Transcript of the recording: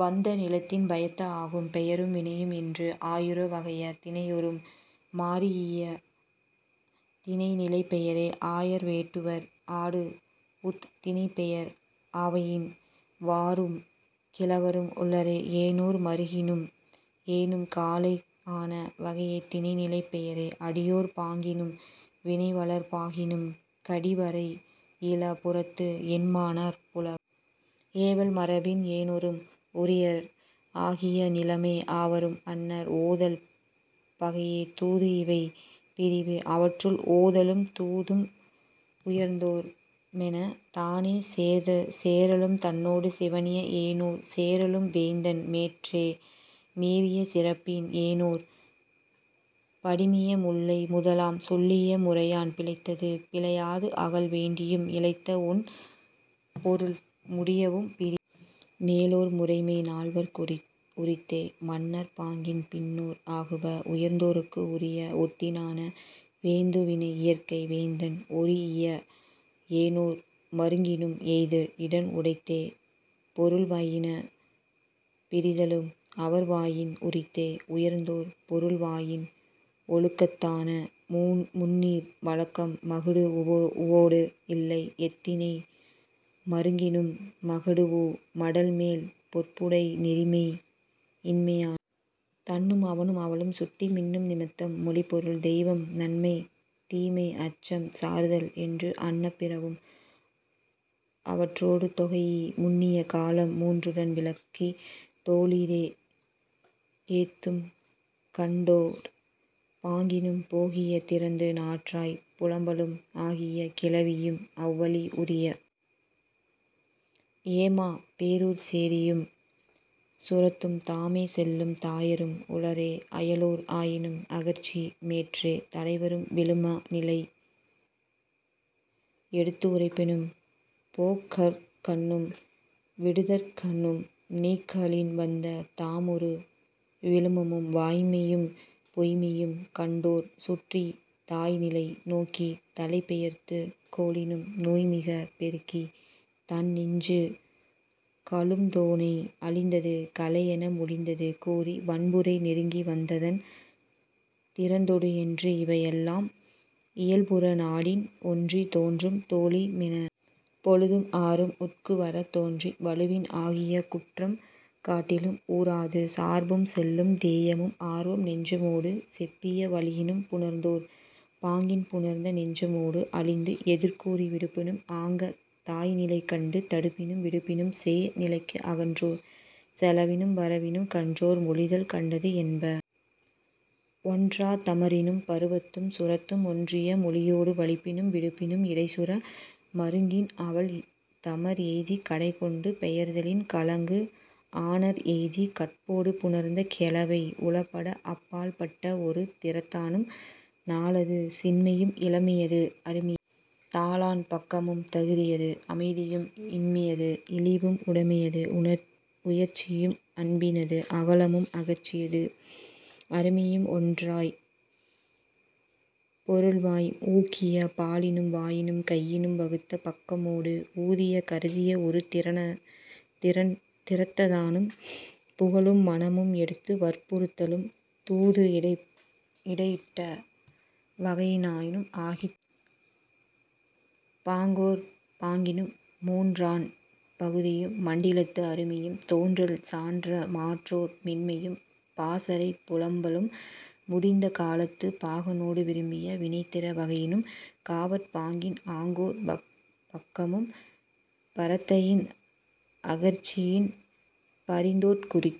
வந்த நிலத்தின் பயத்த ஆகும். பெயரும் வினையும் என்று ஆயிரு வகைய திணையொறும் மாரீஇய திணை நிலைப் பெயரே. ஆயர் வேட்டுவர் ஆடூஉத் திணைப் பெயர் ஆவயின் வரூஉம் கிழவரும் உளரே. ஏனோர் மருங்கினும் எண்ணும் காலை ஆனா வகைய திணை நிலைப் பெயரே. அடியோர் பாங்கினும் வினைவலர் பாங்கினும் கடிவரை இல புறத்து என்மனார் புலர். ஏவல் மரபின் ஏனோரும் உரியர் ஆகிய நிலைமை ஆவரும் அன்னர். ஓதல் பகையே தூது இவை பிரிவே. அவற்றுள், ஓதலும் தூதும் உயர்ந்தோர் மேன. தானே சேதசேறலும் தன்னொடு சிவணிய ஏனோர் சேறலும் வேந்தன் மேற்றே. மேவிய சிறப்பின் ஏனோர் படிமைய முல்லை முதலாச் சொல்லிய முறையான் பிழைத்தது பிழையாது அகல் வேண்டியும் இழைத்த ஒண் பொருள் முடியவும் பிரி. மேலோர் முறைமை நால்வர்க்கும் உரித்தே. மன்னர் பாங்கின் பின்னோர் ஆகுப. உயர்ந்தோர்க்கு உரிய ஓத்தினான. வேந்து வினை இயற்கை வேந்தன் ஒரீஇய ஏனோர் மருங்கினும் எய்து இடன் உடைத்தே. பொருள்வாயின் பிரிதலும் அவர்வயின் உரித்தே. உயர்ந்தோர் பொருள்வாயின் ஒழுக்கத்தான. முந்நீர் வழக்கம் மகடூஉவொடு இல்லை. எத்திணை மருங்கினும் மகடூஉ மடல்மேல் பொற்புடை நெறிமை இன்மையான. தன்னும் அவனும் அவளும் சுட்டி மன்னும் நிமித்தம் மொழிப் பொருள் தெய்வம் நன்மை தீமை அச்சம் சார்தல் என்று அன்ன பிறவும் அவற்றொடு தொகைஇ முன்னிய காலம் மூன்றுடன் விளக்கி தோழி தேஎத்தும் கண்டோ ர் பாங்கினும் போகிய திறத்து நாற்றாய் புலம்பலும் ஆகிய கிளவியும் அவ் வழி உரிய. ஏமாப் பேரூர்ச் சேரியும் சுரத்தும் தாமே செல்லும் தாயரும் உளரே. அயலோர் ஆயினும் அகற்சி மேற்றே. தலைவரும் விழும நிலை எடுத்து உரைப்பினும் போக்கற்கண்ணும் விடுத்தற்கண்ணும் நீக்கலின் வந்த தாம் உறு விழுமமும் வாய்மையும் பொய்ம்மையும் கண்டோ ற் சுட்டித் தாய் நிலை நோக்கித் தலைப்பெயர்த்துக் கொளினும் நோய் மிகப் பெருக்கித் தன் நெஞ்சு கலுழுத்தோளை அழிந்தது களை என மொழிந்தது கூறி வன்புறை நெருங்கி வந்ததன் திறத்தொடு என்று இவை எல்லாம் இயல்புற நாடின் ஒன்றித் தோன்றும் தோழி மேன. பொழுதும் ஆறும் உட்கு வரத் தோன்றி வழுவின் ஆகிய குற்றம் காட்டலும் ஊரது சார்பும் செல்லும் தேயமும் ஆர்வ நெஞ்சமொடு செப்பிய வழியினும் புணர்ந்தோர் பாங்கின் புணர்ந்த நெஞ்சமொடு அழிந்து எதிர் கூறி விடுப்பினும் ஆங்கத் தாய் நிலை கண்டு தடுப்பினும் விடுப்பினும் சேய் நிலைக்கு அகன்றோர் செலவினும் வரவினும் கண்டோ ர் மொழிதல் கண்டது என்ப. ஒன்றாத் தமரினும் பருவத்தும் சுரத்தும் ஒன்றிய மொழியொடு வலிப்பினும் விடுப்பினும் இடைச் சுர மருங்கின் அவள் தமர் எய்திக் கடைக் கொண்டு பெயர்தலின் கலங்கு அஞர் எய்திக் கற்பொடு புணர்ந்த கௌவை உளப்பட அப் பால் பட்ட ஒரு திறத்தானும் நாளது சின்மையும் இளமையது அருமை தாளாண் பக்கமும் தகுதியது அமைதியும் இன்மையது இளிவும் உடைமையது உயர்ச்சியும் அன்பினது அகலமும் அகற்சியது அருமையும் ஒன்றாய்ப் பொருள்வாயின் ஊக்கிய பாலினும் வாயினும் கையினும் வகுத்த பக்கமொடு ஊதியம் கருதிய ஒரு திறத்தானும் புகழும் மனமும் எடுத்து வற்புறுத்தலும் தூது இடையிட்ட வகையினானும் ஆகித் பாங்கோர் பாங்கினும் மூன்றான் பகுதியும் மண்டிலத்து அருமையும் தோன்றல் சான்ற மாற்றோர் மேன்மையும் பாசறைப் புலம்பலும் முடிந்த காலத்துப் பாகனொடு விரும்பிய வினைத்திற வகையினும் காவற் பாங்கின் ஆங்கோர் பக்கமும் பரத்தையின் அகற்சியின் பரிந்தோட் குறு